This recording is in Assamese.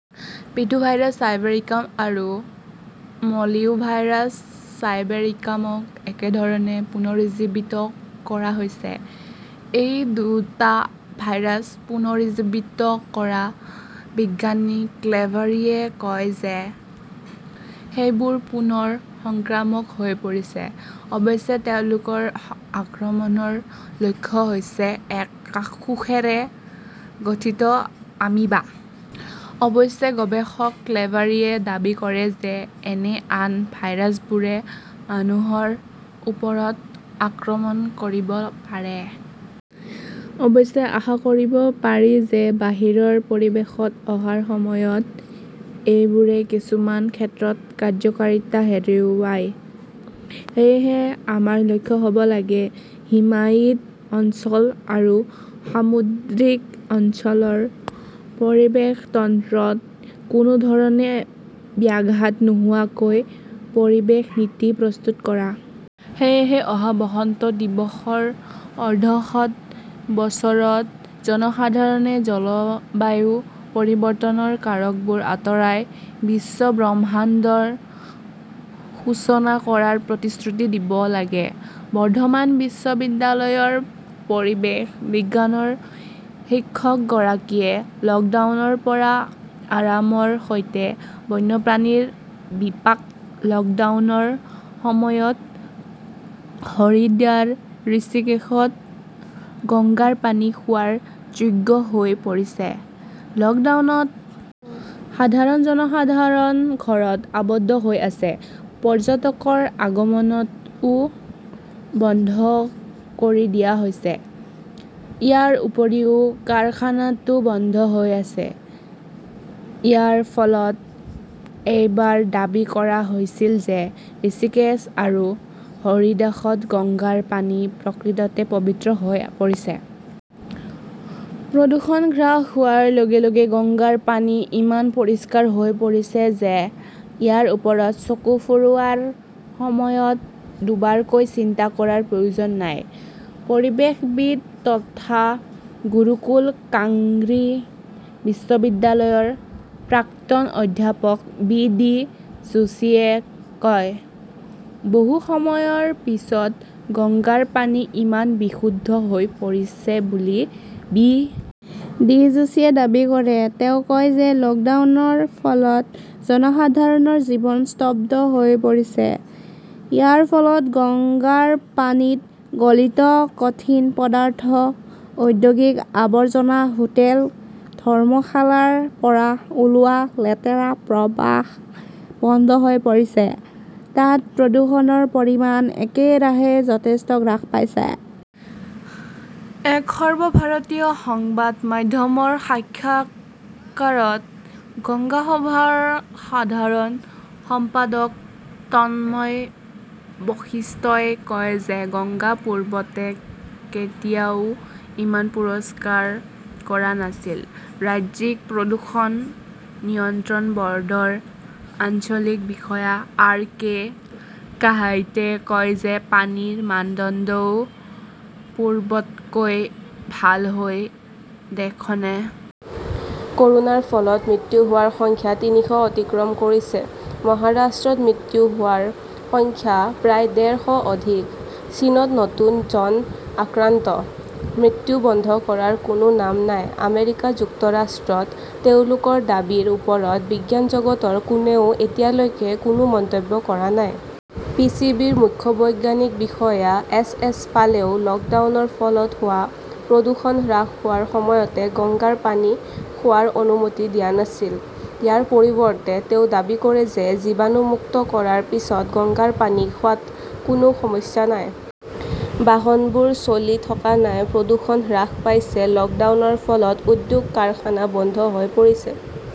পিথোভাইৰাছ চাইবেৰিকাম আৰু মলিউভাইৰাছ চাইবেৰিকামক একেধৰণে পুনৰুজ্জীৱিত কৰা হৈছে। এই দুটা ভাইৰাছ পুনৰুজ্জীৱিত কৰা বিজ্ঞানী ক্লেভাৰীয়ে কয় যে সেইবোৰ পুনৰ সংক্ৰামক হৈ পৰিছে। অৱশ্যে, তেওঁলোকৰ আক্ৰমণৰ লক্ষ্য হৈছে এক কোষেৰে গঠিত আমিবা। অৱশ্যে, গৱেষক ক্লেভাৰীয়ে দাবী কৰে যে এনে আন ভাইৰাছবোৰে মানুহৰ ওপৰত আক্ৰমণ কৰিব পাৰে। অৱশ্যে, আশা কৰিব পাৰি যে বাহিৰৰ পৰিৱেশত অহাৰ সময়ত এইবোৰে কিছুমান ক্ষেত্ৰত কাৰ্য্যকৰীতা হেৰুৱায়। সেয়েহে আমাৰ লক্ষ্য হব লাগে, হিমায়িত অঞ্চল আৰু সামুদ্ৰিক অঞ্চলৰ পৰিৱেশ তন্ত্ৰত কোনো ধৰণে ব্যাঘাত নোহোৱাকৈ পৰিৱেশ নীতি প্ৰস্তুত কৰা। সেয়েহে অহা বসন্ত দিৱসৰ অৰ্ধশত বছৰত জনসাধাৰণে জলবায়ু পৰিৱৰ্তনৰ কাৰকবোৰ আঁতৰাই বিশ্বব্ৰহ্মাণ্ডৰ সূচনা কৰাৰ প্ৰতিশ্ৰুতি দিব লাগে। বৰ্ধমান বিশ্ববিদ্যালয়ৰ পৰিৱেশ বিজ্ঞানৰ শিক্ষকগৰাকীয়ে লকডাউনৰ পৰা আৰামৰ সৈতে বন্যপ্ৰাণীৰ বিপাক, লকডাউনৰ সময়ত হৰিদ্বাৰ, ঋষিকেশত গংগাৰ পানী খোৱাৰ যোগ্য হৈ পৰিছে। লকডাউনত সাধাৰণ জনসাধাৰণ ঘৰত আবদ্ধ হৈ আছে। পৰ্যটকৰ আগমনও বন্ধ কৰি দিয়া হৈছে। ইয়াৰ উপৰিও, কাৰখানাটো বন্ধ হৈ আছে। ইয়াৰ ফলত এইবাৰ দাবী কৰা হৈছিল যে ঋষিকেশ আৰু হৰিদ্বাৰত গংগাৰ পানী প্ৰকৃততে 'পৱিত্ৰ হৈ পৰিছে। প্ৰদূষণ হ্ৰাস হোৱাৰ লগে-লগে গংগাৰ পানী ইমান পৰিষ্কাৰ হৈ পৰিছে যে ইয়াৰ ওপৰত চকু ফুৰোৱাৰ সময়ত দুবাৰকৈ চিন্তা কৰাৰ প্ৰয়োজন নাই, পৰিৱেশবিদ তথা গুৰুকুল কাংৰী বিশ্ববিদ্যালয়ৰ প্ৰাক্তন অধ্যাপক বি. ডি. যোশীয়ে কয়। বহু সময়ৰ পিছত গংগাৰ পানী ইমান বিশুদ্ধ হৈ পৰিছে বুলি বি. ডি. যোশীয়ে দাবী কৰে। তেওঁ কয় যে লকডাউনৰ ফলত জনসাধাৰণৰ জীৱন স্তব্ধ হৈ পৰিছে। ইয়াৰ ফলত গংগাৰ পানীত গলিত কঠিন পদাৰ্থ, ঔদ্যোগিক আৱৰ্জনা, হোটেল-ধৰ্মশালাৰ পৰা ওলোৱা লেতেৰা প্ৰবাহ বন্ধ হৈ পৰিছে। তাত প্ৰদূষণৰ পৰিমাণ একেৰাহে যথেষ্ট হ্ৰাস পাইছে। এক সৰ্বভাৰতীয় সংবাদ মাধ্যমৰ সাক্ষাৎকাৰত গংগা সভাৰ সাধাৰণ সম্পাদক তন্ময় বশিষ্ঠই কয় যে গংগা পূৰ্বতে কেতিয়াও ইমান পৰিষ্কাৰ হোৱা নাছিল। ৰাজ্যিক প্ৰদূষণ নিয়ন্ত্ৰণ বৰ্ডৰ আঞ্চলিক বিষয়া আৰ. কে. কাহাইটে কয় যে পানীৰ মানদণ্ডও পূৰ্বতকৈ ভাল হৈছে। দেশখনে কৰোনাৰ ফলত মৃত্যু হোৱাৰ সংখ্যা তিনিশ অতিক্ৰম কৰিছে, মহাৰাষ্ট্ৰত মৃত্যু হোৱাৰ সংখ্যা প্ৰায় ডেৰ শ অধিকঃ চীনত নতুন জন আক্ৰান্ত, মৃত্যু বন্ধ কৰাৰ কোনো নাম নাই আমেৰিকা যুক্তৰাষ্ট্ৰত তেওঁলোকৰ দাবীৰ ওপৰত বিজ্ঞান জগতৰ কোনেও এতিয়ালৈকে কোনো মন্তব্য কৰা নাই। পি. চি. বি. -ৰ মুখ্য বৈজ্ঞানিক বিষয়া এছ. এছ. পালেও লকডাউনৰ ফলত হোৱা প্ৰদূষণ হ্ৰাস হোৱাৰ সময়তে গংগাৰ পানী খোৱাৰ অনুমতি দিয়া নাছিল। ইয়াৰ পৰিৱৰ্তে, তেওঁ দাবী কৰে যে জীৱাণুমুক্ত কৰাৰ পিছত গংগাৰ পানী খোৱাত কোনো সমস্যা নাই। বাহনবোৰ চলি থকা নাই, প্ৰদূষণ হ্ৰাস পাইছে 'লকডাউন ৰ ফলত উদ্যোগ-কাৰখানা বন্ধ হৈ পৰিছে।